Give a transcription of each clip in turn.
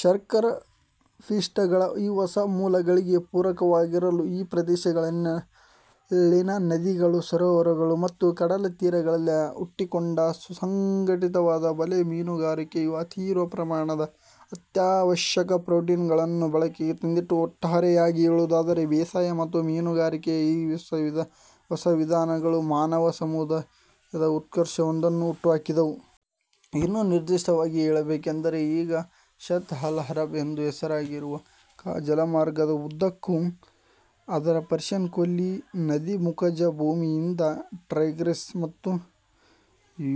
ಶರ್ಕರಪಿಷ್ಟಗಳ ಈ ಹೊಸ ಮೂಲಗಳಿಗೆ ಪೂರಕವಾಗಿರಲು, ಈ ಪ್ರದೇಶಗಳಲ್ಲಿನ ನದಿಗಳು, ಸರೋವರಗಳು ಮತ್ತು ಕಡಲ ತೀರಗಳಲ್ಲಿ ಹುಟ್ಟಿಕೊಂಡ ಸುಸಂಘಟಿತವಾದ ಬಲೆ- ಮೀನುಗಾರಿಕೆಯು ಅತೀವ ಪ್ರಮಾಣದ ಅತ್ಯಾವಶ್ಯಕ ಪ್ರೊಟೀನುಗಳನ್ನು ಬಳಕೆಗೆ ತಂದಿತು. ಒಟ್ಟಾರೆಯಾಗಿ ಹೇಳುವುದಾದರೆ, ಬೇಸಾಯ ಮತ್ತು ಮೀನುಗಾರಿಕೆಯ ಈ ಹೊಸ ವಿಧಾನಗಳು ಮಾನವ ಸಮುದಾಯದ ಉತ್ಕರ್ಷವೊಂದನ್ನು ಹುಟ್ಟುಹಾಕಿದವು. ಇನ್ನೂ ನಿರ್ದಿಷ್ಟವಾಗಿ ಹೇಳಬೇಕೆಂದರೆ, ಈಗ ಷತ್ ಅಲ್-ಅರಬ್ ಎಂದು ಹೆಸರಾಗಿರುವ ಜಲಮಾರ್ಗದ ಉದ್ದಕ್ಕೂ, ಅದರ ಪರ್ಷಿಯನ್ ಕೊಲ್ಲಿ ನದೀಮುಖಜಭೂಮಿಯಿಂದ ಟೈಗ್ರಿಸ್ ಮತ್ತು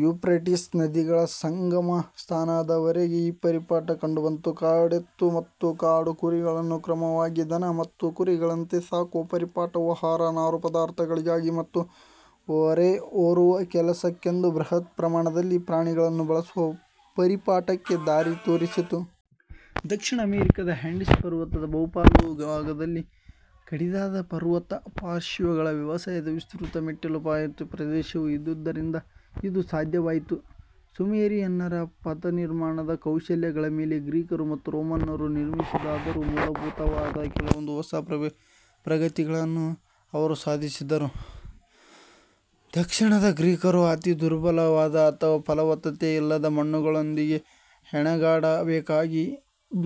ಯೂಫ್ರೆಟೀಸ್ ನದಿಗಳ ಸಂಗಮಸ್ಥಾನದವರೆಗೆ ಈ ಪರಿಪಾಠ ಕಂಡುಬಂತು. ಕಾಡೆತ್ತು ಮತ್ತು ಕಾಡುಕುರಿಗಳನ್ನು ಕ್ರಮವಾಗಿ ದನ ಮತ್ತು ಕುರಿಗಳಂತೆ ಸಾಕುವ ಪರಿಪಾಠವು ಆಹಾರ/ನಾರು ಪದಾರ್ಥಗಳಿಗಾಗಿ ಮತ್ತು ಹೊರೆಹೊರುವ ಕೆಲಸಕ್ಕೆಂದು ಬೃಹತ್-ಪ್ರಮಾಣದಲ್ಲಿ ಪ್ರಾಣಿಗಳನ್ನು ಬಳಸುವ ಪರಿಪಾಠಕ್ಕೆ ದಾರಿ ತೋರಿಸಿತು. ದಕ್ಷಿಣ ಅಮೆರಿಕದ ಆಂಡೀಸ್ ಪರ್ವತದ ಬಹುಪಾಲು ಭಾಗದಲ್ಲಿ ಕಡಿದಾದ ಪರ್ವತಪಾರ್ಶ್ವಗಳ ವ್ಯವಸಾಯದ ವಿಸ್ತೃತ ಮೆಟ್ಟಿಲುಪಾತಿ ಪ್ರದೇಶವು ಇದ್ದುದರಿಂದ ಇದು ಸಾಧ್ಯವಾಯಿತು. ಸುಮೇರಿಯನ್ನರ ಪಥನಿರ್ಮಾಣದ ಕೌಶಲಗಳ ಮೇಲೆ ಗ್ರೀಕರು ಮತ್ತು ರೋಮನ್ನರು ನಿರ್ಮಿಸಿದರಾದರೂ, ಮೂಲಭೂತವಾದ ಕೆಲವೊಂದು ಹೊಸ ಪ್ರಗತಿಗಳನ್ನು ಅವರು ಸಾಧಿಸಿದರು. ದಕ್ಷಿಣದ ಗ್ರೀಕರು ಅತಿ ದುರ್ಬಲವಾದ ಅಥವಾ ಫಲವತ್ತತೆಯಿಲ್ಲದ ಮಣ್ಣುಗಳೊಂದಿಗೆ ಹೆಣಗಾಡಬೇಕಾಗಿ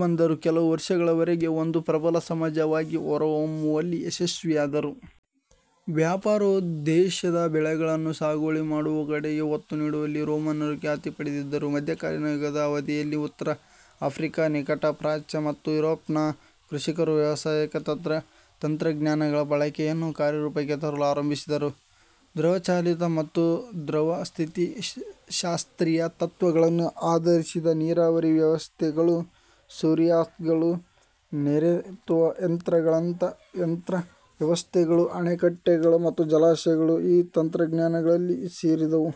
ಬಂದರೂ, ಕೆಲವು ವರ್ಷಗಳವರೆಗೆ ಒಂದು ಪ್ರಬಲ ಸಮಾಜವಾಗಿ ಹೊರಹೊಮ್ಮುವಲ್ಲಿ ಯಶಸ್ವಿಯಾದರು. ವ್ಯಾಪಾರೋದ್ದೇಶದ ಬೆಳೆಗಳನ್ನು ಸಾಗುವಳಿ ಮಾಡುವ ಕಡೆಗೆ ಒತ್ತು ನೀಡುವಲ್ಲಿ ರೋಮನ್ನರು ಖ್ಯಾತಿ ಪಡೆದಿದ್ದರು. ಮಧ್ಯಕಾಲೀನ ಯುಗದ ಅವಧಿಯಲ್ಲಿ, ಉತ್ತರ ಆಫ್ರಿಕಾ, ನಿಕಟಪ್ರಾಚ್ಯ, ಮತ್ತು ಯುರೋಪ್ನ ಕೃಷಿಕರು ವ್ಯಾವಸಾಯಿಕ ತಂತ್ರಜ್ಞಾನಗಳ ಬಳಕೆಯನ್ನು ಕಾರ್ಯರೂಪಕ್ಕೆ ತರಲು ಆರಂಭಿಸಿದರು. ದ್ರವಚಾಲಿತ ಮತ್ತು ದ್ರವಸ್ಥಿತಿಶಾಸ್ತ್ರೀಯ ತತ್ತ್ವಗಳನ್ನು ಆಧರಿಸಿದ ನೀರಾವರಿ ವ್ಯವಸ್ಥೆಗಳು, ನೋರಿಯಾಸ್ಗಳು, ನೀರೆತ್ತುವ ಯಂತ್ರಗಳಂಥ ಯಂತ್ರವ್ಯವಸ್ಥೆಗಳು, ಅಣೆಕಟ್ಟೆಗಳು, ಮತ್ತು ಜಲಾಶಯಗಳು ಈ ತಂತ್ರಜ್ಞಾನಗಳಲ್ಲಿ ಸೇರಿದ್ದವು.